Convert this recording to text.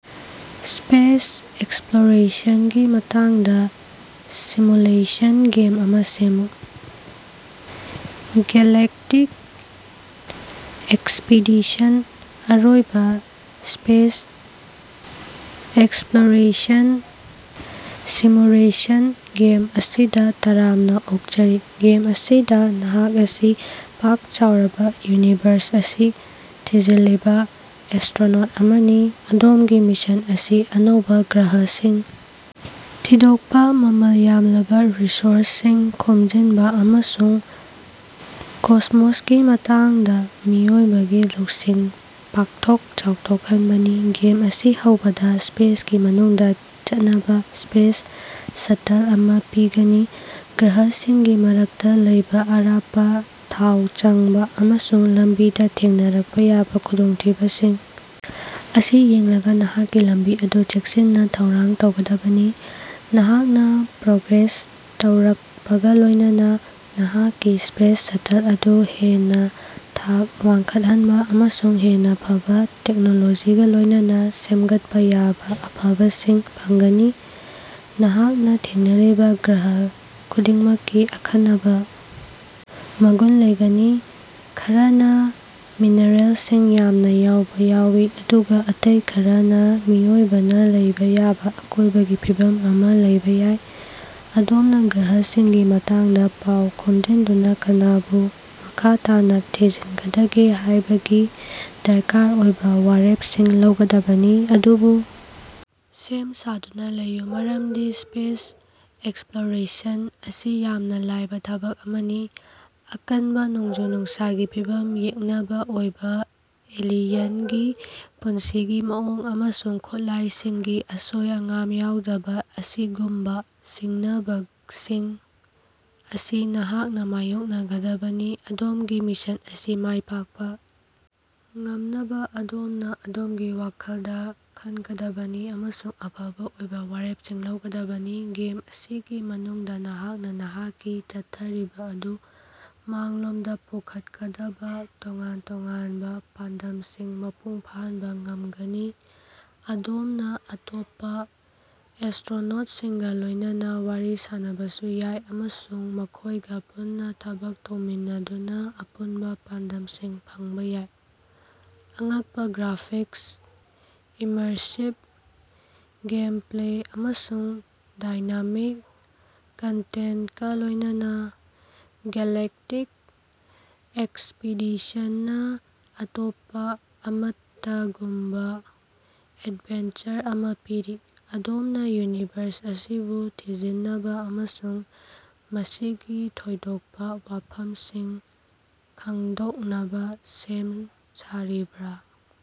Space ꯑꯦꯛꯁꯄ꯭ꯂꯣꯔꯦꯁꯟꯒꯤ ꯃꯇꯥꯡꯗ simulation game ꯑꯃ ꯁꯦꯝꯃꯨ꯫ "ꯒꯦꯂꯦꯛꯇꯤꯛ ꯑꯦꯛꯁꯄꯤꯗꯤꯁꯟ" ꯑꯔꯣꯏꯕ ꯁ꯭ꯄꯦꯁ ꯑꯦꯛꯁꯄ꯭ꯂꯣꯔꯦꯁꯟ ꯁꯤꯃꯨꯂꯦꯁꯟ ꯒꯦꯝ ꯑꯁꯤꯗ ꯇꯔꯥꯝꯅꯥ ꯑꯣꯛꯆꯔꯤ꯫ ꯒꯦꯝ ꯑꯁꯤꯗ ꯅꯍꯥꯛ ꯑꯁꯤ ꯄꯥꯛ ꯆꯥꯎꯔꯕ ꯌꯨꯅꯤꯚꯔꯁ ꯑꯁꯤ ꯊꯤꯖꯤꯜꯂꯤꯕ ꯑꯦꯁꯇ꯭ꯔꯣꯅꯣꯠ ꯑꯃꯅꯤ꯫ ꯑꯗꯣꯝꯒꯤ ꯃꯤꯁꯟ ꯑꯁꯤ ꯑꯅꯧꯕ ꯒ꯭ꯔꯍꯁꯤꯡ ꯊꯤꯗꯣꯛꯄ ꯃꯃꯜ ꯌꯥꯝꯂꯕ ꯔꯤꯁꯣꯔꯁꯁꯤꯡ ꯈꯣꯝꯖꯤꯟꯕ ꯑꯃꯁꯨꯡ ꯀꯣꯁꯃꯣꯁꯀꯤ ꯃꯇꯥꯡꯗ ꯃꯤꯑꯣꯏꯕꯒꯤ ꯂꯧꯁꯤꯡ ꯄꯥꯛꯊꯣꯛ ꯆꯥꯎꯊꯣꯛꯍꯟꯕꯅꯤ꯫ ꯒꯦꯝ ꯑꯁꯤ ꯍꯧꯕꯗꯥ ꯁ꯭ꯄꯦꯁꯀꯤ ꯃꯅꯨꯡꯗꯥ ꯆꯠꯅꯕ ꯁ꯭ꯄꯦꯁ ꯁꯇꯜ ꯑꯃ ꯄꯤꯒꯅꯤ꯫ ꯒ꯭ꯔꯍꯁꯤꯡꯒꯤ ꯃꯔꯛꯇ ꯂꯩꯕꯥ ꯑꯔꯥꯞꯄ ꯊꯥꯎ ꯆꯪꯕ ꯑꯃꯁꯨꯡ ꯂꯝꯕꯤꯗ ꯊꯦꯡꯅꯔꯛꯄ ꯌꯥꯕ ꯈꯨꯗꯣꯡꯊꯤꯕꯁꯤꯡ ꯑꯁꯤ ꯌꯦꯡꯂꯒ ꯅꯍꯥꯛꯀꯤ ꯂꯝꯕꯤ ꯑꯗꯨ ꯆꯦꯛꯁꯤꯟꯅ ꯊꯧꯔꯥꯡ ꯇꯧꯒꯗꯕꯅꯤ꯫ ꯅꯍꯥꯛꯅ ꯄ꯭ꯔꯣꯒ꯭ꯔꯦꯁ ꯇꯧꯔꯛꯄꯒ ꯂꯣꯢꯅꯥꯅ ꯅꯍꯥꯛꯀꯤ ꯁ꯭ꯄꯦꯁ ꯁꯇꯜ ꯑꯗꯨ ꯍꯦꯟꯅ ꯊꯥꯛ ꯋꯥꯡꯈꯠꯍꯟꯕ ꯑꯃꯁꯨꯡ ꯍꯦꯟꯅ ꯐꯕꯥ ꯇꯦꯛꯅꯣꯂꯣꯖꯤꯒ ꯂꯣꯢꯅꯅꯥ ꯁꯦꯝꯒꯠꯄ ꯌꯥꯕꯥ ꯑꯐꯕꯁꯤꯡ ꯐꯪꯒꯅꯤ꯫ ꯅꯍꯥꯛꯅ ꯊꯦꯡꯅꯔꯤꯕ ꯒ꯭ꯔꯍ ꯈꯨꯗꯤꯡꯃꯛꯀꯤ ꯑꯈꯟꯅꯕ ꯃꯒꯨꯟ ꯂꯩꯒꯅꯤ: ꯈꯔꯅ ꯃꯤꯅꯔꯦꯜꯁꯤꯡ ꯌꯥꯝꯅ ꯌꯥꯎꯕ ꯌꯥꯏ ꯑꯗꯨꯒ ꯑꯇꯩ ꯈꯔꯅ ꯃꯤꯑꯣꯏꯕꯅ ꯂꯩꯕ ꯌꯥꯕ ꯑꯀꯣꯢꯕꯒꯤ ꯐꯤꯕꯝ ꯑꯃ ꯂꯩꯕꯥ ꯌꯥꯏ꯫ ꯑꯗꯣꯝꯅ ꯒ꯭ꯔꯍꯁꯤꯡꯒꯤ ꯃꯇꯥꯡꯗ ꯄꯥꯎ ꯈꯣꯝꯖꯤꯟꯗꯨꯅ ꯀꯅꯥꯕꯨ ꯃꯈꯥ ꯇꯥꯅꯥ ꯊꯤꯖꯤꯟꯒꯗꯒꯦ ꯍꯥꯢꯕꯒꯤ ꯗꯔꯀꯥꯔ ꯑꯣꯏꯕꯥ ꯋꯥꯔꯦꯄꯁꯤꯡ ꯂꯧꯒꯗꯕꯅꯤ꯫ ꯑꯗꯨꯕꯨ ꯁꯦꯝ ꯁꯥꯗꯨꯅ ꯂꯩꯌꯨ ꯃꯔꯝꯗꯤ ꯁ꯭ꯄꯦꯁ ꯑꯦꯛꯁꯄ꯭ꯂꯣꯔꯦꯁꯟ ꯑꯁꯤ ꯌꯥꯝꯅ ꯂꯥꯏꯕ ꯊꯕꯛ ꯑꯃꯅꯤ꯫ ꯑꯀꯟꯕ ꯅꯣꯡꯖꯨ-ꯅꯨꯡꯁꯥꯒꯤ ꯐꯤꯚꯝ ꯌꯦꯛꯅꯕꯥ ꯑꯣꯏꯕꯥ ꯑꯦꯂꯤꯌꯟꯒꯤ ꯄꯨꯟꯁꯤꯒꯤ ꯃꯑꯣꯡ ꯑꯃꯁꯨꯡ ꯈꯨꯠꯂꯥꯢꯁꯤꯡꯒꯤ ꯑꯁꯣꯏ-ꯑꯉꯥꯝ ꯌꯥꯎꯗꯕ ꯑꯁꯤꯒꯨꯝꯕ ꯁꯤꯡꯅꯕꯁꯤꯡ ꯑꯁꯤ ꯅꯍꯥꯛꯅꯥ ꯃꯥꯌꯣꯛꯅꯒꯗꯕꯅꯤ꯫ ꯑꯗꯣꯝꯒꯤ ꯃꯤꯁꯟ ꯑꯁꯤ ꯃꯥꯢ ꯄꯥꯛꯄ ꯉꯝꯅꯕ ꯑꯗꯣꯝꯅ ꯑꯗꯣꯝꯒꯤ ꯋꯥꯈꯜꯗ ꯈꯟꯒꯗꯕꯅꯤ ꯑꯃꯁꯨꯡ ꯑꯐꯕ ꯑꯣꯏꯕ ꯋꯥꯔꯦꯞꯁꯤꯡ ꯂꯧꯒꯗꯕꯅꯤ꯫ ꯒꯦꯝ ꯑꯁꯤꯒꯤ ꯃꯅꯨꯡꯗ ꯅꯍꯥꯛꯅ ꯅꯍꯥꯛꯀꯤ ꯆꯠꯊꯔꯤꯕ ꯑꯗꯨ ꯃꯥꯡꯂꯣꯝꯗ ꯄꯨꯈꯠꯀꯗꯕꯥ ꯇꯣꯉꯥꯟ ꯇꯣꯉꯥꯟꯕ ꯄꯥꯟꯗꯝꯁꯤꯡ ꯃꯄꯨꯡ ꯐꯥꯍꯟꯕ ꯉꯝꯒꯅꯤ꯫ ꯑꯗꯣꯝꯅ ꯑꯇꯣꯞꯄ ꯑꯦꯁꯇ꯭ꯔꯣꯅꯣꯠꯁꯤꯡꯒꯥ ꯂꯣꯢꯅꯅꯥ ꯋꯥꯔꯤ ꯁꯥꯅꯕꯁꯨ ꯌꯥꯏ ꯑꯃꯁꯨꯡ ꯃꯈꯣꯢꯒ ꯄꯨꯟꯅ ꯊꯕꯛ ꯇꯧꯃꯤꯟꯅꯗꯨꯅ ꯑꯄꯨꯟꯕ ꯄꯥꯟꯗꯝꯁꯤꯡ ꯐꯪꯕꯥ ꯌꯥꯏ꯫ ꯑꯉꯛꯄ ꯒ꯭ꯔꯥꯐꯤꯛꯁ, ꯏꯃꯔꯁꯤꯕ ꯒꯦꯝꯄ꯭ꯂꯦ ꯑꯃꯁꯨꯡ ꯗꯥꯏꯅꯥꯃꯤꯛ ꯀꯟꯇꯦꯟꯇꯀ ꯂꯣꯢꯅꯅꯥ "ꯒꯦꯂꯦꯛꯇꯤꯛ ꯑꯦꯛꯁꯄꯤꯗꯤꯁꯟ"ꯅꯥ ꯑꯇꯣꯞꯄꯥ ꯑꯃꯠꯇꯒꯨꯝꯕꯥ ꯑꯦꯗꯚꯦꯟꯆꯔ ꯑꯃꯥ ꯄꯤꯔꯤ꯫ ꯑꯗꯣꯝꯅꯥ ꯌꯨꯅꯤꯚꯔꯁ ꯑꯁꯤꯕꯨ ꯊꯤꯖꯤꯟꯅꯕꯥ ꯑꯃꯁꯨꯡ ꯃꯁꯤꯒꯤ ꯊꯣꯏꯗꯣꯛꯄ ꯋꯥꯐꯝꯁꯤꯡ ꯈꯡꯗꯣꯛꯅꯕ ꯁꯦꯝ ꯁꯥꯔꯤꯕꯔꯥ?